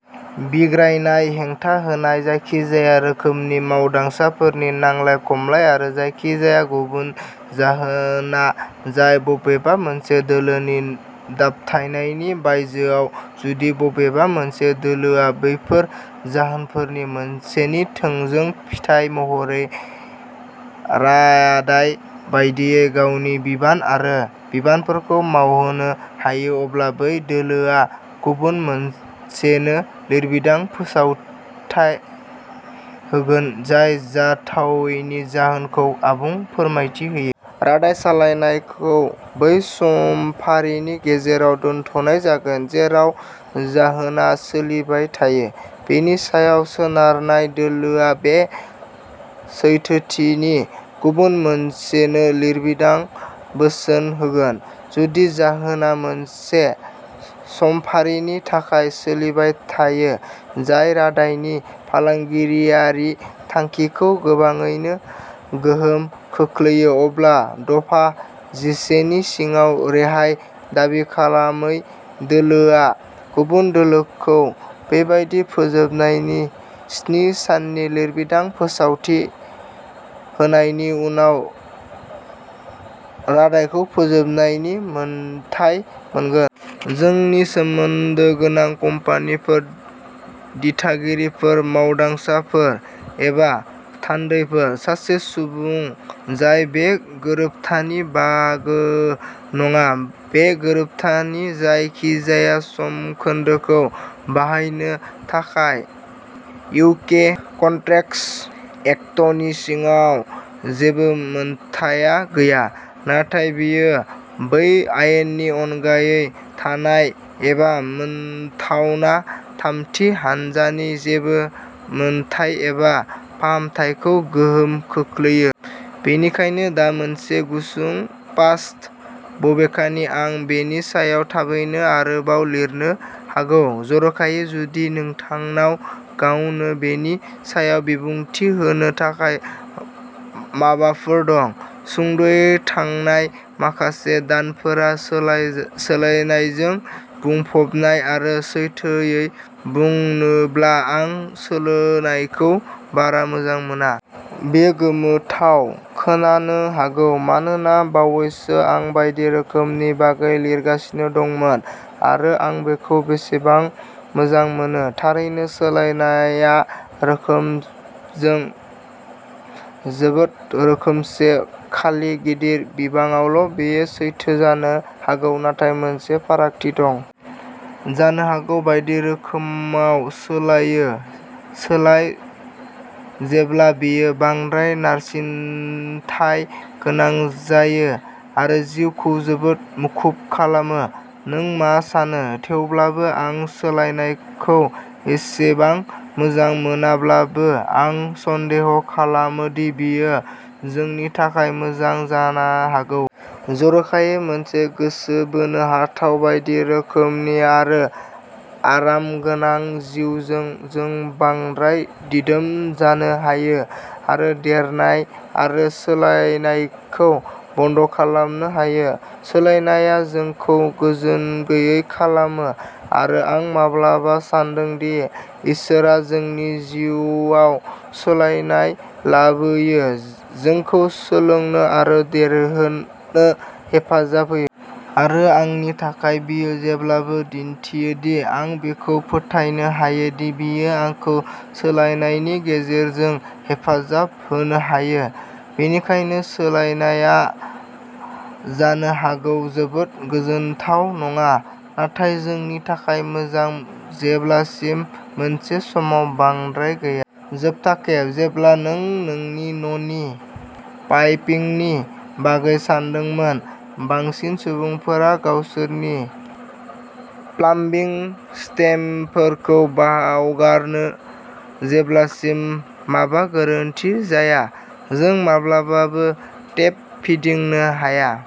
बिग्रायनाय, हेंथा होनाय, जायखिजाया रोखोमनि मावदांसाफोरनि नांलाय-खमलाय आरो जायखिजाया गुबुन जाहोना जाय बबेबा मोनसे दोलोनि दाबथायनायनि बायजोआव जुदि बबेबा मोनसे दोलोआ बैफोर जाहोनफोरनि मोनसेनि थोंजों फिथाय महरै रादाय बायदियै गावनि बिबान आरो बिबानफोरखौ मावहोनो हायो अब्ला बै दोलोआ गुबुन मोनसेनो लिरबिदां फोसावथाय होगोन जाय जाथावैनि जाहोनखौ आबुं फोरमायथि होयो। रादाय सालायनायखौ बै समफारिनि गेजेराव दोनथ'नाय जागोन जेराव जाहोनआ सोलिबाय थायो। बेनि सायाव सोनारनाय दोलोआ बे सैथोथिनि गुबुन मोनसेनो लिरबिदां बोसोन होगोन। जुदि जाहोनआ मोनसे समफारिनि थाखाय सोलिबाय थायो जाय रादाय नि फालांगियारि थांखिखौ गोबाङैनो गोहोम खोख्लैयो, अब्ला दफा जिसेनि सिङाव रेहाय दाबि खालामै दोलोआ गुबुन दोलोखौ बेबादि फोजोबनायनि स्नि साननि लिरबिदां फोसावथि होनायनि उनाव रादायखौ फोजोबनायनि मोनथाय मोनगोन। जोंनि सोमोन्दो गोनां कम्पानिफोर, दिथागिरिफोर, मावदांसाफोर एबा थान्दैफोर, सासे सुबुं जाय बे गोरोबथानि बाहागो नङा, बे गोरोबथानि जायखिजाया समखोन्दोखौ बाहायनो थाखाय इउके कन्ट्रेक्टस एक्टनि सिङाव जेबो मोनथाय गैया, नाथाय बेयो बै आयेननि अनगायै थानाय एबा मोनथावना थामथि हान्जानि जेबो मोनथाय एबा फाहामथायखौ गोहोम खोख्लैयो। बेनिखायनो दा मोनसे गुसुं पास्ट, बबेखानि आं बेनि सायाव थाबैनो आरोबाव लिरनो हागौ-जर'खायै जुदि नोंथांनाव गावनो बेनि सायाव बिबुंथि होनो थाखाय माबाफोर दं। सुंद'यै थांनाय माखासे दानफोरा सोलाय सोलायनायजों बुंफबनाय, आरो सैथोयै बुंनोब्ला आं सोलोनायखौ बारा मोजां मोना। बेयो गोमोथाव खोनानो हागौ मानोना बावैसो आं बायदि रोखोमनि बागै लिरगासिनो दंमोन आरो आं बेखौ बेसेबां मोजां मोनो। थारैनो सोलायनायआ रोखोमजों जोबोद रोखोमसे खालि गिदिर बिबाङावल' बेयो सैथो जानो हागौ नाथाय मोनसे फारागथि दं। जानो हागौ बायदि रोखोमाव सोलायो। सोलाय जेब्ला बेयो बांद्राय नारसिनथाय गोनां जायो आरो जिउखौ जोबोद मुखुब खालामो। नों मा सानो? थेवब्लाबो, आं सोलायनायखौ एसेबां मोजां मोनाब्लाबो, आं सन्देह’ खालामो दि बेयो जोंनि थाखाय मोजां जाना हागौ। जर'खायै मोनसे गोसो बोनो हाथाव बायदि रोखोमनि आरो आरामगोनां जिउजों जों बांद्राय दिदोम जानो हायो आरो देरनाय आरो सोलायनायखौ बन्द'खालामनो हायो। सोलायनाया जोंखौ गोजोनगैयै खालामो आरो आं माब्लाबा सानदोंदि इसोरआ जोंनि जिउआव सोलायनाय लाबोयो जोंखौ सोलोंनो आरो देरहोनो हेफाजाब होयो। आरो आंनि थाखाय बियो जेब्लाबो दिन्थियो दि आं बिखौ फोथायनो हायो दि बियो आंखौ सोलायनायनि गेजेरजों हेफाजाब होनो हायो। बेनिखायनो सोलायनायआ जानो हागौ जोबोद गोजोनथाव नङा नाथाय जोंनि थाखाय मोजां। जेब्लासिम मोनसे समाव बांद्राय गैया। जोबथा खेब जेब्ला नों नोंनि न'नि पाइपिंनि बागै सानदोंमोन? बांसिन सुबुंफोरा गावसोरनि प्लाम्बिं सिस्टेमफोरखौ बावगारनो जेब्लासिम माबा गोरोन्थि जाया। जों माब्लाबाबो टेप फिदिंनो हाया।